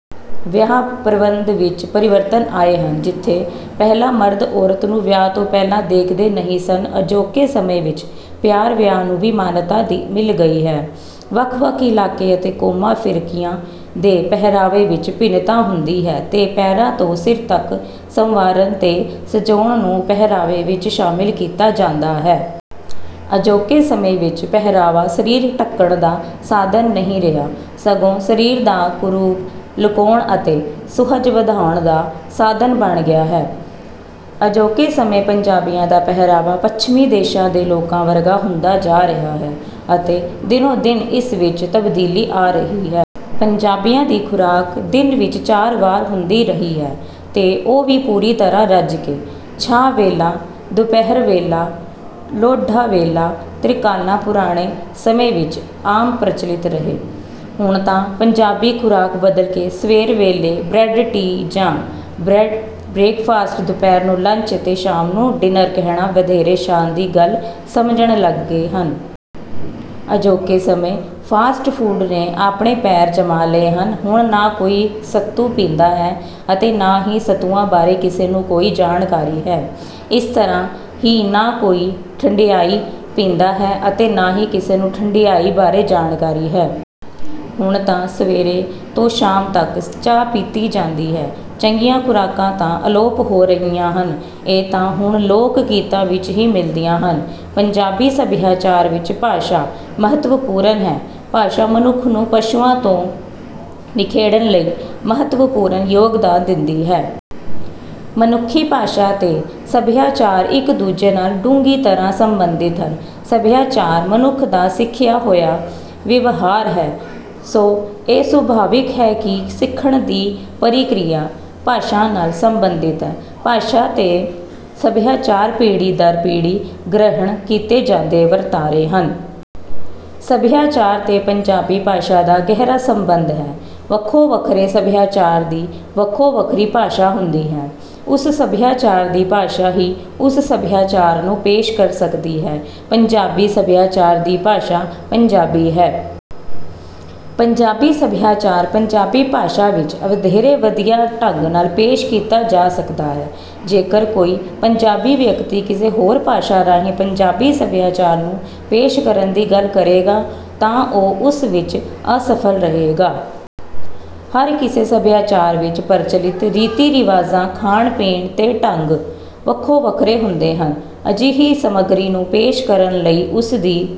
ਵਿਆਹ ਪ੍ਰਬੰਧ ਵਿੱਚ ਪਰਿਵਰਤਨ ਆਏ ਹਨ। ਜਿੱਥੇ ਪਹਿਲਾਂ ਮਰਦ ਔਰਤ ਨੂੰ ਵਿਆਹ ਤੋਂ ਪਹਿਲਾਂ ਦੇਖਦੇ ਨਹੀਂ ਸਨ, ਅਜੋਕੇ ਸਮੇਂ ਵਿੱਚ ਪਿਆਰ-ਵਿਆਹ ਨੂੰ ਵੀ ਮਾਨਤਾ ਮਿਲ ਗਈ ਹੈ। ਵੱਖ-ਵੱਖ ਇਲਾਕੇ ਅਤੇ ਕੌਮਾਂ-ਫਿਰਕਿਆਂ ਦੇ ਪਹਿਰਾਵੇ ਵਿੱਚ ਭਿੰਨਤਾ ਹੁੰਦੀ ਹੈ, ਤੇ ਪੈਰਾਂ ਤੋਂ ਸਿਰ ਤੱਕ ਸੰਵਾਰਨ ਤੇ ਸਜਾਉਣ ਨੂੰ ਪਹਿਰਾਵੇ ਵਿੱਚ ਸ਼ਾਮਿਲ ਕੀਤਾ ਜਾਂਦਾ ਹੈ। ਅਜੋਕੇ ਸਮੇਂ ਵਿੱਚ ਪਹਿਰਾਵਾ ਸਰੀਰ ਢਕਣ ਦਾ ਸਾਧਨ ਨਹੀਂ ਰਿਹਾ, ਸਗੋਂ ਸਰੀਰ ਦਾ ਕੁਰੂਪ ਲੁਕਾਉਣ ਅਤੇ ਸੁਹਜ ਵਧਾਉਣ ਦਾ ਸਾਧਨ ਬਣ ਗਿਆ ਹੈ। ਅਜੋਕੇ ਸਮੇਂ ਪੰਜਾਬੀਆਂ ਦਾ ਪਹਿਰਾਵਾ ਪੱਛਮੀ ਦੇਸ਼ਾਂ ਦੇ ਲੋਕਾਂ ਵਰਗਾ ਹੁੰਦਾ ਜਾ ਰਿਹਾ ਹੈ, ਅਤੇ ਦਿਨੋਂ-ਦਿਨ ਇਸ ਵਿੱਚ ਤਬਦੀਲੀ ਆ ਰਹੀ ਹੈ। ਪੰਜਾਬੀਆਂ ਦੀ ਖੁਰਾਕ ਦਿਨ ਵਿੱਚ ਚਾਰ ਵਾਰ ਹੁੰਦੀ ਰਹੀ ਹੈ, ਤੇ ਉਹ ਵੀ ਪੂਰੀ ਤਰ੍ਹਾਂ ਰੱਜ ਕੇ। ਛਾਹ ਵੇਲਾ, ਦੁਪਹਿਰ ਵੇਲਾ, ਲੋਢਾ ਵੇਲਾ, ਤ੍ਰਿਕਾਲਾਂ ਪੁਰਾਣੇ ਸਮੇਂ ਵਿੱਚ ਆਮ ਪ੍ਰਚੱਲਿਤ ਰਹੇ। ਹੁਣ ਤਾਂ ਪੰਜਾਬੀ ਖੁਰਾਕ ਬਦਲ ਕੇ ਸਵੇਰ ਵੇਲੇ ਬਰੈੱਡ-ਟੀ ਜਾਂ ਬਰੇਕਫਾਸਟ, ਦੁਪਹਿਰ ਨੂੰ ਲੰਚ ਤੇ ਸ਼ਾਮ ਨੂੰ ਡਿੱਨਰ ਕਹਿਣਾ ਵਧੇਰੇ ਸ਼ਾਨ ਦੀ ਗੱਲ ਸਮਝਣ ਲੱਗੇ ਹਨ। ਅਜੋਕੇ ਸਮੇਂ ਫਾਸਟ ਫੂਡ ਨੇ ਆਪਣੇ ਪੈਰ ਜਮਾ ਲਏ ਹਨ। ਹੁਣ ਨਾ ਕੋਈ ਸੱਤੂ ਪੀਂਦਾ ਹੈ ਅਤੇ ਨਾ ਹੀ ਸੱਤੂਆਂ ਬਾਰੇ ਕਿਸੇ ਨੂੰ ਕੋਈ ਜਾਣਕਾਰੀ ਹੈ। ਇਸ ਤਰ੍ਹਾਂ ਹੀ ਨਾ ਕੋਈ ਠੰਢਿਆਈ ਪੀਂਦਾ ਹੈ ਅਤੇ ਨਾ ਹੀ ਕਿਸੇ ਨੂੰ ਠੰਢਿਆਈ ਬਾਰੇ ਜਾਣਕਾਰੀ ਹੈ। ਹੁਣ ਤਾਂ ਸਵੇਰ ਤੋਂ ਸ਼ਾਮ ਤੱਕ ਚਾਹ ਪੀਤੀ ਜਾਂਦੀ ਹੈ। ਚੰਗੀਆਂ ਖੁਰਾਕਾਂ ਤਾਂ ਅਲੋਪ ਹੋ ਰਹੀਆਂ ਹਨ, ਇਹ ਤਾਂ ਹੁਣ ਲੋਕ-ਗੀਤਾਂ ਵਿੱਚ ਹੀ ਮਿਲਦੀਆਂ ਹਨ। ਪੰਜਾਬੀ ਸਭਿਆਚਾਰ ਵਿੱਚ ਭਾਸ਼ਾ ਮਹੱਤਵਪੂਰਨ ਹੈ। ਭਾਸ਼ਾ ਮਨੁੱਖ ਨੂੰ ਪਸ਼ੂਆਂ ਤੋਂ ਨਿਖੇੜਨ ਲਈ ਮਹੱਤਵਪੂਰਨ ਯੋਗਦਾਨ ਦਿੰਦੀ ਹੈ। ਮਨੁੱਖੀ ਭਾਸ਼ਾ ਤੇ ਸਭਿਆਚਾਰ ਇੱਕ-ਦੂਜੇ ਨਾਲ ਡੂੰਘੀ ਤਰ੍ਹਾਂ ਸੰਬੰਧਿਤ ਹਨ। ਸਭਿਆਚਾਰ ਮਨੁੱਖ ਦਾ ਸਿੱਖਿਆ ਹੋਇਆ ਵਿਵਹਾਰ ਹੈ, ਸੋ ਇਹ ਸੁਭਾਵਿਕ ਹੀ ਹੈ ਕਿ ਸਿੱਖਣ ਦੀ ਪ੍ਰਕਿਰਿਆ ਭਾਸ਼ਾ ਨਾਲ ਸੰਬੰਧਿਤ ਹੈ। ਭਾਸ਼ਾ ਤੇ ਸਭਿਆਚਾਰ ਪੀੜ੍ਹੀ ਦਰ ਪੀੜ੍ਹੀ ਗ੍ਰਹਿਣ ਕੀਤੇ ਜਾਂਦੇ ਵਰਤਾਰੇ ਹਨ। ਸਭਿਆਚਾਰ ਤੇ ਪੰਜਾਬੀ ਭਾਸ਼ਾ ਦਾ ਗਹਿਰਾ ਸੰਬੰਧ ਹੈ। ਵੱਖੋ-ਵੱਖਰੇ ਸਭਿਆਚਾਰ ਦੀ ਵੱਖੋ-ਵੱਖਰੀ ਭਾਸ਼ਾ ਹੁੰਦੀ ਹੈ। ਉਸ ਸਭਿਆਚਾਰ ਦੀ ਭਾਸ਼ਾ ਹੀ ਉਸ ਸਭਿਆਚਾਰ ਨੂੰ ਪੇਸ਼ ਕਰ ਸਕਦੀ ਹੈ। ਪੰਜਾਬੀ ਸਭਿਆਚਾਰ ਦੀ ਭਾਸ਼ਾ ਪੰਜਾਬੀ ਹੈ। ਪੰਜਾਬੀ ਸਭਿਆਚਾਰ ਪੰਜਾਬੀ ਭਾਸ਼ਾ ਵਿੱਚ ਵਧੇਰੇ ਵਧੀਆ ਢੰਗ ਨਾਲ ਪੇਸ਼ ਕੀਤਾ ਜਾ ਸਕਦਾ ਹੈ। ਜੇਕਰ ਕੋਈ ਪੰਜਾਬੀ ਵਿਅਕਤੀ ਕਿਸੇ ਹੋਰ ਭਾਸ਼ਾ ਰਾਹੀਂ ਪੰਜਾਬੀ ਸਭਿਆਚਾਰ ਨੂੰ ਪੇਸ਼ ਕਰਨ ਦੀ ਗੱਲ ਕਰੇਗਾ, ਤਾਂ ਉਹ ਉਸ ਵਿੱਚ ਅਸਫਲ ਰਹੇਗਾ। ਹਰ ਕਿਸੇ ਸਭਿਆਚਾਰ ਵਿੱਚ ਪ੍ਰਚਲਿਤ ਰੀਤੀ-ਰਿਵਾਜਾਂ, ਖਾਣ-ਪੀਣ ਦੇ ਢੰਗ ਵੱਖੋ-ਵੱਖਰੇ ਹੁੰਦੇ ਹਨ। ਅਜਿਹੀ ਸਮੱਗਰੀ ਨੂੰ ਪੇਸ਼ ਕਰਨ ਲਈ ਉਸ ਦੀ